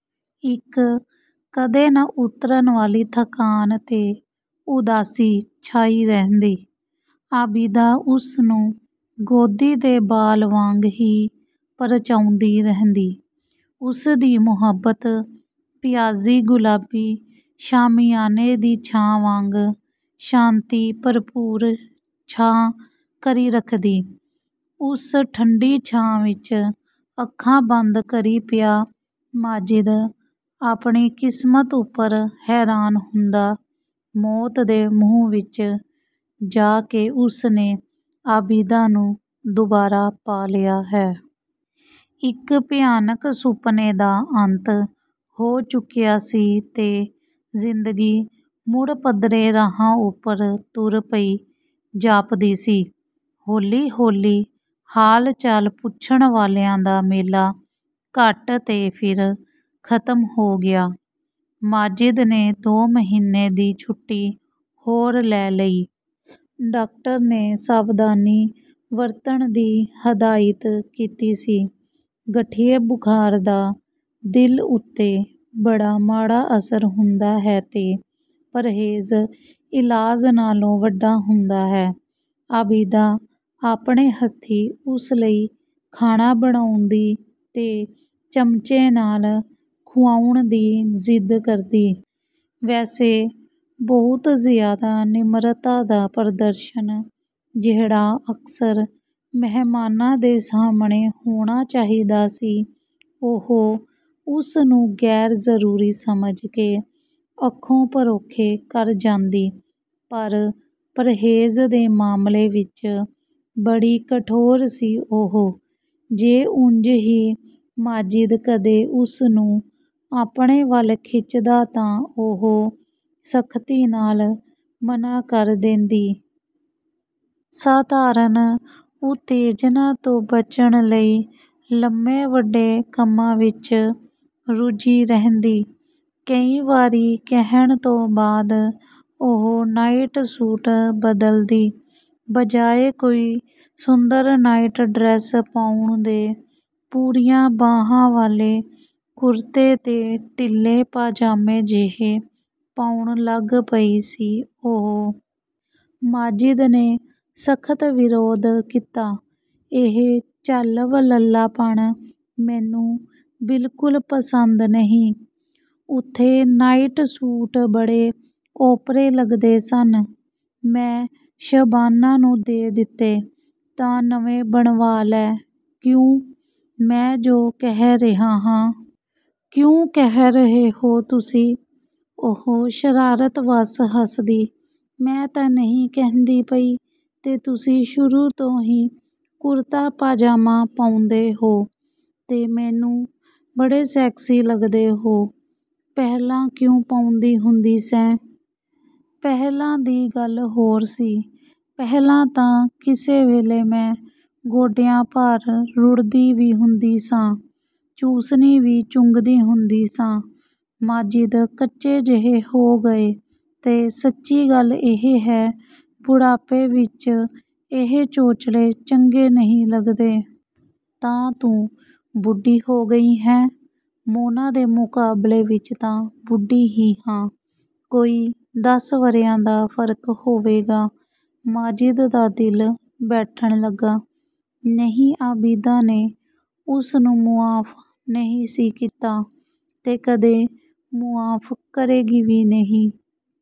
ਇੱਕ, ਕਦੇ ਨਾ ਉਤਰਨ ਵਾਲੀ ਥਕਾਨ ਤੇ ਉਦਾਸੀ ਛਾਈ ਰਹਿੰਦੀ। ਆਬਿਦਾ ਉਸਨੂੰ ਗੋਦੀ ਦੇ ਬਾਲ ਵਾਂਗ ਹੀ ਪ੍ਰਚਾਉਂਦੀ ਰਹਿੰਦੀ। ਉਸਦੀ ਮੁਹੱਬਤ, ਪਿਆਜ਼ੀ-ਗੁਲਾਬੀ ਸ਼ਾਮਿਆਨੇ ਦੀ ਛਾਂ ਵਾਂਗ ਸ਼ਾਂਤੀ-ਭਰਪੂਰ ਛਾਂ ਕਰੀ ਰੱਖਦੀ। ਉਸ ਠੰਡੀ ਛਾਂ ਵਿੱਚ ਅੱਖਾਂ ਬੰਦ ਕਰੀ ਪਿਆ ਮਾਜਿਦ, ਆਪਣੀ ਕਿਸਮਤ ਉੱਪਰ ਹੈਰਾਨ ਹੁੰਦਾ, ਮੌਤ ਦੇ ਮੂੰਹ ਵਿੱਚ ਜਾ ਕੇ ਉਸਨੇ ਆਬਿਦਾ ਨੂੰ ਦੁਬਾਰਾ ਪਾ ਲਿਆ ਹੈ। ਇੱਕ ਭਿਆਨਕ ਸੁਪਨੇ ਦਾ ਅੰਤ ਹੋ ਚੁੱਕਿਆ ਸੀ ਤੇ ਜ਼ਿੰਦਗੀ ਮੁੜ ਪੱਧਰੇ ਰਾਹਾਂ ਉੱਪਰ ਤੁਰ ਪਈ ਜਾਪਦੀ ਸੀ। ਹੌਲੀ-ਹੌਲੀ ਹਾਲ-ਚਾਲ ਪੁੱਛਣ ਵਾਲਿਆਂ ਦਾ ਮੇਲਾ ਘੱਟ, ਤੇ ਫਿਰ ਖ਼ਤਮ ਹੋ ਗਿਆ। ਮਾਜਿਦ ਨੇ ਦੋ ਮਹੀਨੇ ਦੀ ਛੁੱਟੀ ਹੋਰ ਲੈ ਲਈ। ਡਾਕਟਰ ਨੇ ਸਾਵਧਾਨੀ ਵਰਤਣ ਦੀ ਹਦਾਇਤ ਕੀਤੀ ਸੀ। ਗਠੀਏ ਬੁਖਾਰ ਦਾ ਦਿਲ ਉੱਤੇ ਬੜਾ ਮਾੜਾ ਅਸਰ ਹੁੰਦਾ ਹੈ ਤੇ ਪ੍ਰਹੇਜ਼, ਇਲਾਜ਼ ਨਾਲੋਂ ਵੱਡਾ ਹੁੰਦਾ ਹੈ। ਆਬਿਦਾ ਆਪਣੇ ਹੱਥੀਂ ਉਸ ਲਈ ਖਾਣਾ ਬਣਾਉਂਦੀ ਤੇ ਚਮਚੇ ਨਾਲ ਖੁਆਉਣ ਦੀ ਜ਼ਿੱਦ ਕਰਦੀ। ਵੈਸੇ, ਬਹੁਤ ਜ਼ਿਆਦਾ ਨਿਮਰਤਾ ਦਾ ਪ੍ਰਦਰਸ਼ਨ ਜਿਹੜਾ ਅਕਸਰ ਮਹਿਮਾਨਾਂ ਦੇ ਸਾਹਮਣੇ ਹੋਣਾ ਚਾਹੀਦਾ ਸੀ, ਉਹ ਉਸਨੂੰ ਗ਼ੈਰਜ਼ਰੂਰੀ ਸਮਝ ਕੇ ਅੱਖੋਂ ਪਰੋਖੇ ਕਰ ਜਾਂਦੀ। ਪਰ ਪ੍ਰਹੇਜ਼ ਦੇ ਮਾਮਲੇ ਵਿੱਚ ਬੜੀ ਕਠੋਰ ਸੀ ਉਹ। ਜੇ ਉਂਜ ਹੀ ਮਾਜਿਦ ਕਦੇ ਉਸਨੂੰ ਆਪਣੇ ਵੱਲ ਖਿੱਚਦਾ ਤਾਂ ਉਹ ਸਖ਼ਤੀ ਨਾਲ ਮਨ੍ਹਾਂ ਕਰ ਦੇਂਦੀ। ਸਾਧਾਰਨ ਉਤੇਜਨਾ ਤੋਂ ਬਚਣ ਲਈ, ਲੰਮੇ-ਵੱਡੇ ਕੰਮਾਂ ਵਿੱਚ ਰੁੱਝੀ ਰਹਿੰਦੀ। ਕਈ ਵਾਰੀ ਕਹਿਣ ਤੋਂ ਬਾਅਦ ਉਹ ਨਾਈਟ ਸੂਟ ਬਦਲਦੀ। ਬਜਾਏ ਕੋਈ ਸੁੰਦਰ ਨਾਈਟ-ਡਰੈਸ ਪਾਉਣ ਦੇ, ਪੂਰੀਆਂ ਬਾਹਾਂ ਵਾਲੇ ਕੁਰਤੇ ਤੇ ਢਿੱਲੇ ਪਾਜਾਮੇ ਜਿਹੇ ਪਾਉਣ ਲੱਗ ਪਈ ਸੀ ਉਹ। ਮਾਜਿਦ ਨੇ ਸਖ਼ਤ ਵਿਰੋਧ ਕੀਤਾ। "ਇਹ ਝੱਲ-ਵਲੱਲਾਪਣ ਮੈਨੂੰ ਬਿਲਕੁਲ ਪਸੰਦ ਨਹੀਂ।" "ਉੱਥੇ ਨਾਈਟ ਸੂਟ ਬੜੇ ਓਪਰੇ ਲੱਗਦੇ ਸਨ, ਮੈਂ ਸ਼ਬਾਨਾ ਨੂੰ ਦੇ ਦਿੱਤੇ।" "ਤਾਂ ਨਵੇਂ ਬਣਵਾ ਲੈ।" "ਕਿਉਂ?" "ਮੈਂ ਜੋ ਕਹਿ ਰਿਹਾ ਹਾਂ।" "ਕਿਉਂ ਕਹਿ ਰਹੇ ਹੋ ਤੁਸੀਂ?" ਉਹ ਸ਼ਰਾਰਤ ਵੱਸ ਹੱਸਦੀ, "ਮੈਂ ਤਾਂ ਨਹੀਂ ਕਹਿੰਦੀ ਪਈ, ਤੇ ਤੁਸੀਂ ਸ਼ੁਰੂ ਤੋਂ ਹੀ ਕੁਰਤਾ ਪਾਜਾਮਾ ਪਾਉਂਦੇ ਹੋ, ਤੇ ਮੈਨੂੰ ਬੜੇ ਸੈਕਸੀ ਲੱਗਦੇ ਹੋ!" "ਪਹਿਲਾਂ ਕਿਉਂ ਪਾਉਂਦੀ ਹੁੰਦੀ ਸੈਂ?" "ਪਹਿਲਾਂ ਦੀ ਗੱਲ ਹੋਰ ਸੀ, ਪਹਿਲਾਂ ਤਾਂ ਕਿਸੇ ਵੇਲੇ ਮੈਂ ਗੋਡਿਆਂ ਭਾਰ ਰੁੜ੍ਹਦੀ ਵੀ ਹੁੰਦੀ ਸਾਂ। ਚੂਸਨੀ ਵੀ ਚੁੰਘਦੀ ਹੁੰਦੀ ਸਾਂ।" ਮਾਜਿਦ ਕੱਚੇ ਜਿਹੇ ਹੋ ਗਏ। "ਤੇ ਸੱਚੀ ਗੱਲ ਇਹ ਹੈ, ਬੁਢਾਪੇ ਵਿੱਚ ਇਹ ਚੋਚਲੇ ਚੰਗੇ ਨਹੀਂ ਲੱਗਦੇ।" "ਤਾਂ ਤੂੰ ਬੁੱਢੀ ਹੋ ਗਈ ਹੈਂ?" "ਮੋਨਾ ਦੇ ਮੁਕਾਬਲੇ ਵਿੱਚ ਤਾਂ ਬੁੱਢੀ ਹੀ ਹਾਂ। ਕੋਈ ਦਸ ਵਰ੍ਹਿਆਂ ਦਾ ਫ਼ਰਕ ਹੋਵੇਗਾ।" ਮਾਜਿਦ ਦਾ ਦਿਲ ਬੈਠਣ ਲੱਗਾ। ਨਹੀਂ, ਆਬਿਦਾ ਨੇ ਉਸਨੂੰ ਮੁਆਫ਼ ਨਹੀਂ ਸੀ ਕੀਤਾ, ਤੇ ਕਦੇ ਮੁਆਫ਼ ਕਰੇਗੀ ਵੀ ਨਹੀਂ।